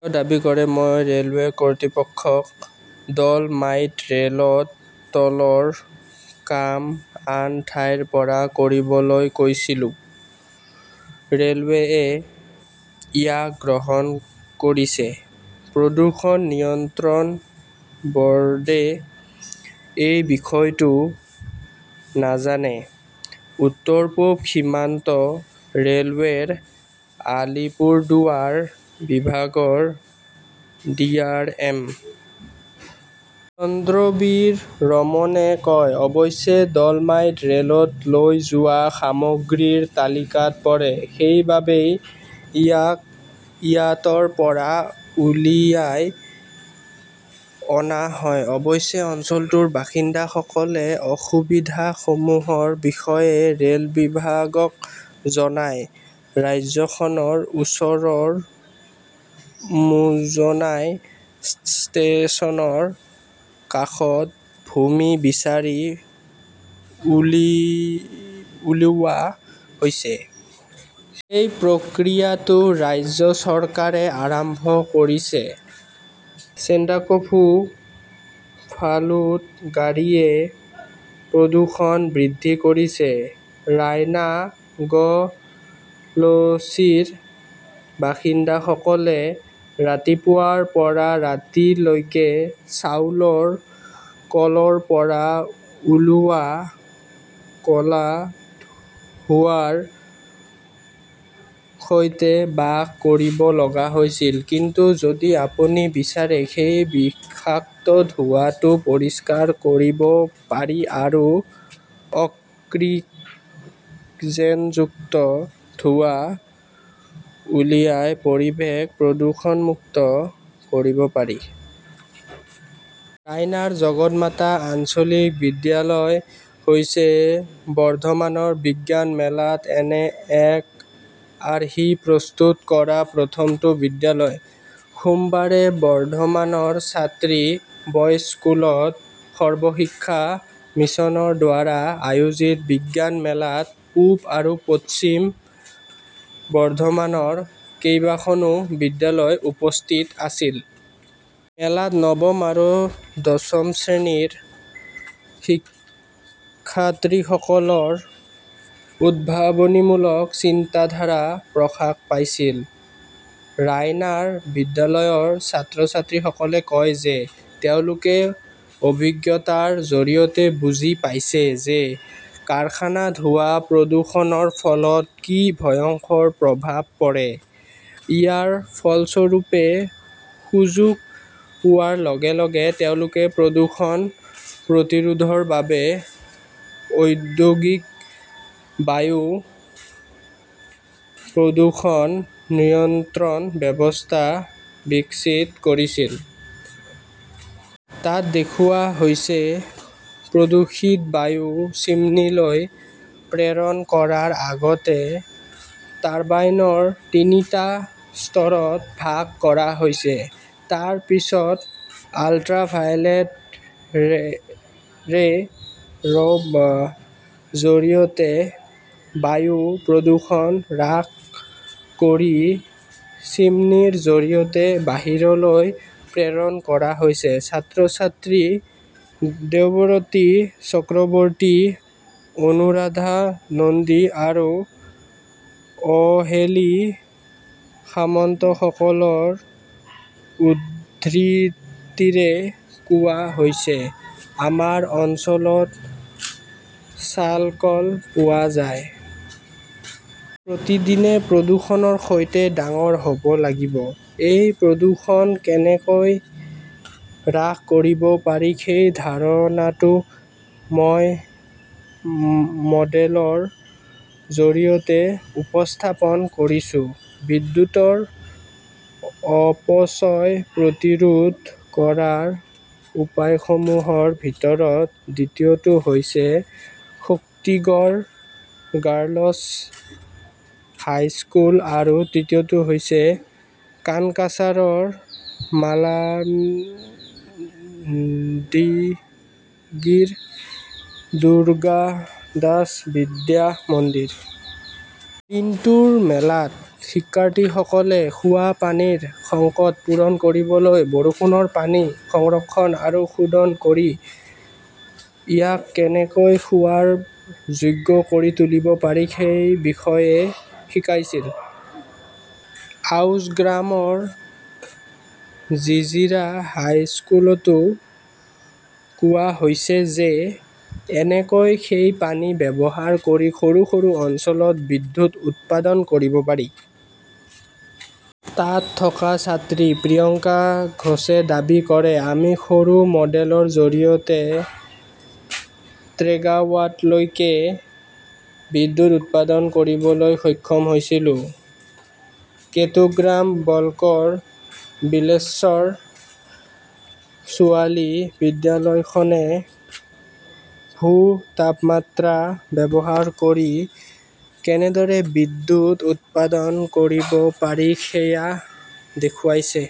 তেওঁ দাবী কৰে, "মই ৰেলৱে কৰ্তৃপক্ষক ডল'মাইট ৰেলত তোলাৰ কাম আন ঠাইৰ পৰা কৰিবলৈ কৈছিলোঁ। ৰেলৱেয়ে ইয়াক গ্ৰহণ কৰিছে। "প্ৰদূষণ নিয়ন্ত্ৰণ বৰ্ডে এই বিষয়টো নাজানে", উত্তৰ-পূব সীমান্ত ৰেলৱেৰ আলিপুৰদুৱাৰ বিভাগৰ ডি. আৰ. এম. চন্দ্ৰবীৰ ৰমনে কয়। অৱশ্যে, ডল'মাইট ৰেলত লৈ যোৱা সামগ্ৰীৰ তালিকাত পৰে। সেইবাবেই ইয়াক ইয়াতৰ পৰা উলিয়াই অনা হয়। অৱশ্যে, অঞ্চলটোৰ বাসিন্দাসকলে অসুবিধাসমূহৰ বিষয়ে ৰেলবিভাগক জনায়। ৰাজ্যখনৰ ওচৰৰ মুজনাই ষ্টেচনৰ কাষত ভূমি বিচাৰি উলিওৱা হৈছে। সেই প্ৰক্ৰিয়াটো ৰাজ্য চৰকাৰে আৰম্ভ কৰিছে। চেণ্ডাকফু-ফালুত গাড়ীয়ে প্ৰদূষণ বৃদ্ধি কৰিছে । ৰাইনা, গ 'লছিৰ বাসিন্দাসকলে ৰাতিপুৱাৰ পৰা ৰাতি লৈকে চাউলৰ কলৰ পৰা ওলোৱা ক' লা ধোঁৱাৰ সৈতে বাস কৰিব লগা হৈছিল। কিন্তু যদি আপুনি বিচাৰে, সেই বিষাক্ত ধোঁৱাটো পৰিষ্কাৰ কৰিব পাৰি আৰু অক্সিজেনযুক্ত ধোঁৱা উলিয়াই পৰিৱেশক প্ৰদুষণমূক্ত কৰিব পাৰি। ৰায়নাৰ জগতমাতা আঞ্চলিক বিদ্যালয় হৈছে বৰ্ধমানৰ বিজ্ঞান মেলাত এনে এক আৰ্হি প্ৰস্তুত কৰা প্ৰথমটো বিদ্যালয়। সোমবাৰে বৰ্ধমানৰ ছাত্ৰী বয়ছ স্কুলত সৰ্বশিক্ষা মিছনৰ দ্বাৰা আয়োজিত বিজ্ঞান মেলাত পূব আৰু পশ্চিম বৰ্ধমানৰ কেইবাখনো বিদ্যালয় উপস্থিত আছিল। মেলাত নৱম আৰু দশম শ্ৰেণীৰ শিক্ষাৰ্থীসকলৰ উদ্ভাৱনীমূলক চিন্তাধাৰা প্ৰকাশ পাইছিল। ৰাইনাৰ বিদ্যালয়ৰ ছাত্ৰ-ছাত্ৰীসকলে কয় যে, তেওঁলোকে অভিজ্ঞতাৰ জৰিয়তে বুজি পাইছে যে, কাৰখানাত হোৱা প্ৰদূষণৰ ফলত কি ভয়ংকৰ প্ৰভাৱ পৰে। ইয়াৰ ফলস্বৰূপে সুযোগ পোৱাৰ লগে লগে তেওঁলোকে প্ৰদূষণ প্ৰতিৰোধৰ বাবে "ঔদ্যোগিক বায়ু প্ৰদূষণ নিয়ন্ত্ৰণ ব্যৱস্থা" বিকশিত কৰিছিল। তাত দেখুওৱা হৈছে, প্ৰদূষিত বায়ু চিমনীলৈ প্ৰেৰণ কৰাৰ আগতে টাৰ্বাইনৰ তিনিটা স্তৰত ভাগ কৰা হৈছে। তাৰ পিছত 'আল্ট্ৰা ভায়োলেট ৰে" ৰ জৰিয়তে বায়ু প্ৰদূষণ হ্ৰাস কৰি চিমনীৰ জৰিয়তে বাহিৰলৈ প্ৰেৰণ কৰা হৈছে। ছাত্ৰ-ছাত্ৰী দেৱৰতী চক্ৰৱৰ্তী, অনুৰাধা নন্দী আৰু অহেলি সামন্তসকলৰ উদ্ধৃতিৰে কোৱা হৈছে, "আমাৰ অঞ্চলত চালকল পোৱা যায়। আমি প্ৰতিদিনে প্ৰদূষণৰ সৈতে ডাঙৰ হ 'ব লাগিব। এই প্ৰদূষণ কেনেকৈ হ্ৰাস কৰিব পাৰি সেই ধাৰণাটো মই মডেলৰ জৰিয়তে উপস্থাপন কৰিছো। "বিদ্যুৎৰ অপচয় প্ৰতিৰোধ কৰাৰ উপায়সমূহৰ ভিতৰত দ্বিতীয়টো হৈছে শক্তিগড় গাৰ্লছ হাইস্কুল আৰু তৃতীয়টো হৈছে কানকাছাৰৰ মালাণ্ডিঘিৰ দুৰ্গাদাস বিদ্যা মন্দিৰ। দিনটোৰ মেলাত শিক্ষাৰ্থীসকলে খোৱা পানীৰ সংকট পূৰণ কৰিবলৈ বৰষুণৰ পানী সংৰক্ষণ আৰু শোধন কৰি ইয়াক কেনেকৈ খোৱাৰ যোগ্য কৰি তুলিব পাৰি সেই বিষয়ে শিকাইছিল। আউছগ্ৰামৰ জিজিৰা হাইস্কুলতো কোৱা হৈছে যে, কেনেকৈ সেই পানী ব্যৱহাৰ কৰি সৰু সৰু অঞ্চলত বিদ্যুৎ উৎপাদন কৰিব পাৰি। তাত থকা ছাত্ৰী প্ৰিয়ংকা ঘোষে দাবী কৰে, "আমি সৰু মডেলৰ জৰিয়তে ট্ৰেগাৱাটলৈকে বিদ্যুৎ উৎপাদন কৰিবলৈ সক্ষম হৈছিলো"। কেটুগ্ৰাম ব্লকৰ বিল্লেশ্বৰ ছোৱালী বিদ্যালয়খনে ভূ-তাপমাত্ৰা ব্যৱহাৰ কৰি কেনেদৰে বিদ্যুৎ উৎপাদন কৰিব পাৰি সেয়া দেখুৱাইছে।